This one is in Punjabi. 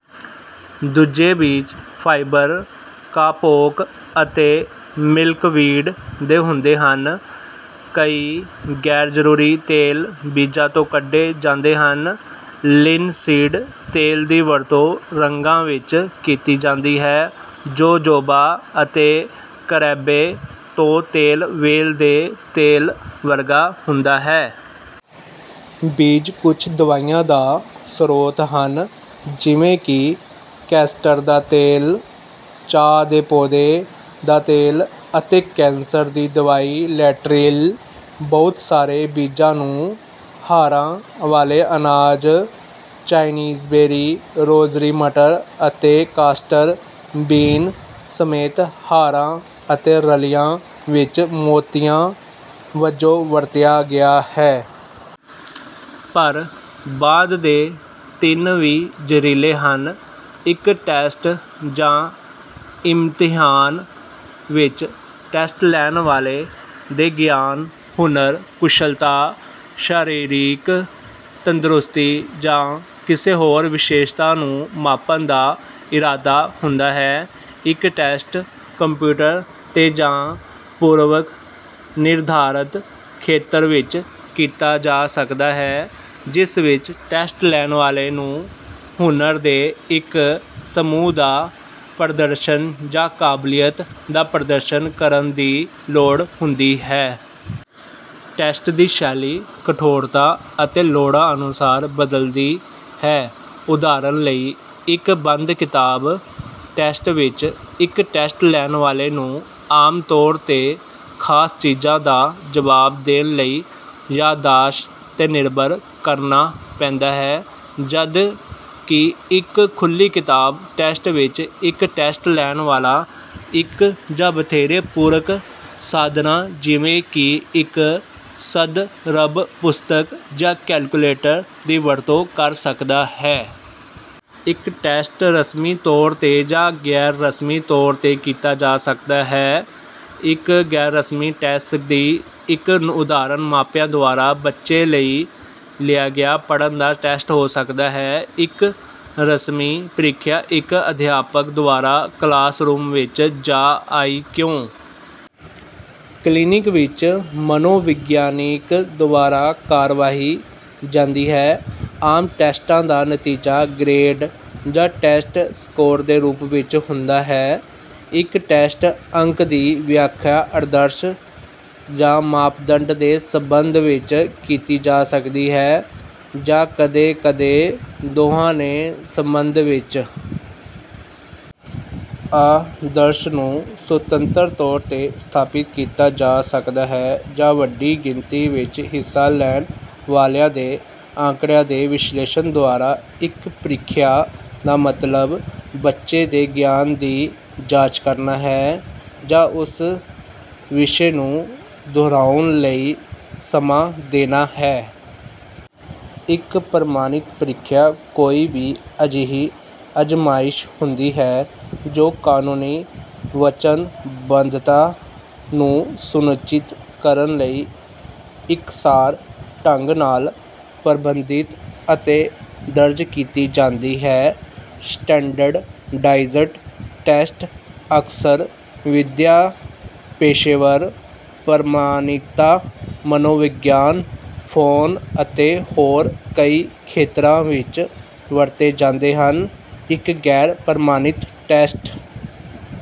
ਦੂਜੇ ਬੀਜ ਫਾਈਬਰ ਕਾਪੋਕ ਅਤੇ ਮਿਲਕਵੀਡ ਦੇ ਹੁੰਦੇ ਹਨ। ਕਈ ਗੈਰ-ਜ਼ਰੂਰੀ ਤੇਲ ਬੀਜਾਂ ਤੋਂ ਕੱਢੇ ਜਾਂਦੇ ਹਨ। ਲਿਨਸੀਡ ਤੇਲ ਦੀ ਵਰਤੋਂ ਰੰਗਾਂ ਵਿੱਚ ਕੀਤੀ ਜਾਂਦੀ ਹੈ। ਜੋਜੋਬਾ ਅਤੇ ਕਰੈਂਬੇ ਤੋਂ ਤੇਲ ਵ੍ਹੇਲ ਦੇ ਤੇਲ ਵਰਗਾ ਹੁੰਦਾ ਹੈ। ਬੀਜ ਕੁਝ ਦਵਾਈਆਂ ਦਾ ਸਰੋਤ ਹਨ, ਜਿਵੇਂ ਕਿ ਕੈਸਟਰ ਦਾ ਤੇਲ, ਚਾਹ ਦੇ ਪੌਦੇ ਦਾ ਤੇਲ ਅਤੇ ਕੈਂਸਰ ਦੀ ਦਵਾਈ ਲੈਟ੍ਰੀਲ। ਬਹੁਤ ਸਾਰੇ ਬੀਜਾਂ ਨੂੰ ਹਾਰਾਂ ਵਾਲੇ ਅਨਾਜ, ਚਾਈਨੀਬੇਰੀ, ਰੋਜ਼ਰੀ ਮਟਰ ਅਤੇ ਕਾਸਟਰ ਬੀਨ ਸਮੇਤ ਹਾਰਾਂ ਅਤੇ ਰਾਲੀਆਂ ਵਿੱਚ ਮੋਤੀਆਂ ਵਜੋਂ ਵਰਤਿਆ ਗਿਆ ਹੈ। ਪਰ, ਬਾਅਦ ਦੇ ਤਿੰਨ ਵੀ ਜ਼ਹਿਰੀਲੇ ਹਨ। ਇੱਕ ਟੈਸਟ ਜਾਂ ਇਮਤਿਹਾਨ ਵਿੱਚ ਟੈਸਟ-ਲੈਣ ਵਾਲੇ ਦੇ ਗਿਆਨ, ਹੁਨਰ, ਕੁਸ਼ਲਤਾ, ਸਰੀਰਕ ਤੰਦਰੁਸਤੀ ਜਾਂ ਕਿਸੇ ਹੋਰ ਵਿਸ਼ੇਸ਼ਤਾ ਨੂੰ ਮਾਪਣ ਦਾ ਇਰਾਦਾ ਹੁੰਦਾ ਹੈ। ਇੱਕ ਟੈਸਟ ਕੰਪਿਊਟਰ ’ਤੇ ਜਾਂ ਪੂਰਵ-ਨਿਰਧਾਰਤ ਖੇਤਰ ਵਿੱਚ ਕੀਤਾ ਜਾ ਸਕਦਾ ਹੈ, ਜਿਸ ਵਿੱਚ ਟੈਸਟ-ਲੈਣ ਵਾਲੇ ਨੂੰ ਹੁਨਰ ਦੇ ਇੱਕ ਸਮੂਹ ਦਾ ਪ੍ਰਦਰਸ਼ਨ ਜਾਂ ਕਾਬਲੀਅਤ ਦਾ ਪ੍ਰਦਰਸ਼ਨ ਕਰਨ ਦੀ ਲੋੜ ਹੁੰਦੀ ਹੈ। ਟੈਸਟ ਦੀ ਸ਼ੈਲੀ, ਕਠੋਰਤਾ ਅਤੇ ਲੋੜਾਂ ਅਨੁਸਾਰ ਬਦਲਦੀ ਹੈ। ਉਦਾਹਰਨ ਲਈ, ਇੱਕ ਬੰਦ-ਕਿਤਾਬ ਟੈਸਟ ਵਿੱਚ, ਇੱਕ ਟੈਸਟ-ਲੈਣ ਵਾਲੇ ਨੂੰ ਆਮ ਤੌਰ ’ਤੇ ਖਾਸ ਚੀਜ਼ਾਂ ਦਾ ਜਵਾਬ ਦੇਣ ਲਈ ਯਾਦਦਾਸ਼ਤ ’ਤੇ ਨਿਰਭਰ ਕਰਨਾ ਪੈਂਦਾ ਹੈ, ਜਦਕਿ ਇੱਕ ਖੁੱਲ੍ਹੀ-ਕਿਤਾਬ ਟੈਸਟ ਵਿੱਚ, ਇੱਕ ਟੈਸਟ-ਲੈਣ ਵਾਲਾ ਇੱਕ ਜਾਂ ਵਧੇਰੇ ਪੂਰਕ ਸਾਧਨਾਂ, ਜਿਵੇਂ ਕਿ ਇੱਕ ਸੰਦਰਭ ਪੁਸਤਕ ਜਾਂ ਕੈਲਕੁਲੇਟਰ, ਦੀ ਵਰਤੋਂ ਕਰ ਸਕਦਾ ਹੈ। ਇੱਕ ਟੈਸਟ ਰਸਮੀ ਤੌਰ ’ਤੇ ਜਾਂ ਗੈਰ-ਰਸਮੀ ਤੌਰ ’ਤੇ ਕੀਤਾ ਜਾ ਸਕਦਾ ਹੈ। ਇੱਕ ਗੈਰ-ਰਸਮੀ ਟੈਸਟ ਦੀ ਇੱਕ ਉਦਾਹਰਨ ਮਾਪਿਆਂ ਦੁਆਰਾ ਬੱਚੇ ਲਈ ਲਿਆ ਗਿਆ ਪੜ੍ਹਨ ਦਾ ਟੈਸਟ ਹੋ ਸਕਦਾ ਹੈ। ਇੱਕ ਰਸਮੀ ਪ੍ਰੀਖਿਆ ਇੱਕ ਅਧਿਆਪਕ ਦੁਆਰਾ ਕਲਾਸਰੂਮ ਵਿੱਚ ਜਾਂ ਆਈ.ਕਿਊ. ਕਲੀਨਿਕ ਵਿੱਚ ਮਨੋਵਿਗਿਆਨੀ ਦੁਆਰਾ ਕਰਵਾਈ ਜਾਂਦੀ ਹੈ। ਆਮ ਟੈਸਟਾਂ ਦਾ ਨਤੀਜਾ ਗ੍ਰੇਡ ਜਾਂ ਟੈਸਟ ਸਕੋਰ ਦੇ ਰੂਪ ਵਿੱਚ ਹੁੰਦਾ ਹੈ। ਇੱਕ ਟੈਸਟ ਅੰਕ ਦੀ ਵਿਆਖਿਆ ਆਦਰਸ਼ ਜਾਂ ਮਾਪਦੰਡ ਦੇ ਸਬੰਧ ਵਿੱਚ ਕੀਤੀ ਜਾ ਸਕਦੀ ਹੈ, ਜਾਂ ਕਦੇ-ਕਦੇ ਦੋਹਾਂ ਦੇ ਸਬੰਧ ਵਿੱਚ। ਆਦਰਸ਼ ਨੂੰ ਸੁਤੰਤਰ ਤੌਰ ’ਤੇ ਸਥਾਪਿਤ ਕੀਤਾ ਜਾ ਸਕਦਾ ਹੈ, ਜਾਂ ਵੱਡੀ ਗਿਣਤੀ ਵਿੱਚ ਹਿੱਸਾ ਲੈਣ ਵਾਲਿਆਂ ਦੇ ਅੰਕੜਿਆਂ ਦੇ ਵਿਸ਼ਲੇਸ਼ਣ ਦੁਆਰਾ। ਇੱਕ ਪ੍ਰੀਖਿਆ ਦਾ ਮਤਲਬ ਬੱਚੇ ਦੇ ਗਿਆਨ ਦੀ ਜਾਂਚ ਕਰਨਾ ਹੈ ਜਾਂ ਉਸ ਵਿਸ਼ੇ ਨੂੰ ਦੁਹਰਾਉਣ ਲਈ ਸਮਾਂ ਦੇਣਾ ਹੈ। ਇੱਕ ਪ੍ਰਮਾਣਿਤ ਪ੍ਰੀਖਿਆ ਕੋਈ ਵੀ ਅਜਿਹੀ ਅਜ਼ਮਾਇਸ਼ ਹੁੰਦੀ ਹੈ ਜੋ ਕਾਨੂੰਨੀ ਵਚਨਬੱਧਤਾ ਨੂੰ ਸੁਨਿਸ਼ਚਿਤ ਕਰਨ ਲਈ ਇਕਸਾਰ ਢੰਗ ਨਾਲ ਪ੍ਰਬੰਧਿਤ ਅਤੇ ਦਰਜ ਕੀਤੀ ਜਾਂਦੀ ਹੈ। ਸਟੈਂਡਰਡਾਈਜ਼ਡ ਟੈਸਟ ਅਕਸਰ ਵਿਦਿਆ, ਪੇਸ਼ੇਵਰ ਪ੍ਰਮਾਣਿਕਤਾ, ਮਨੋਵਿਗਿਆਨ, ਫੌਜ ਅਤੇ ਹੋਰ ਕਈ ਖੇਤਰਾਂ ਵਿੱਚ ਵਰਤੇ ਜਾਂਦੇ ਹਨ। ਇੱਕ ਗੈਰ-ਪ੍ਰਮਾਣਿਤ ਟੈਸਟ…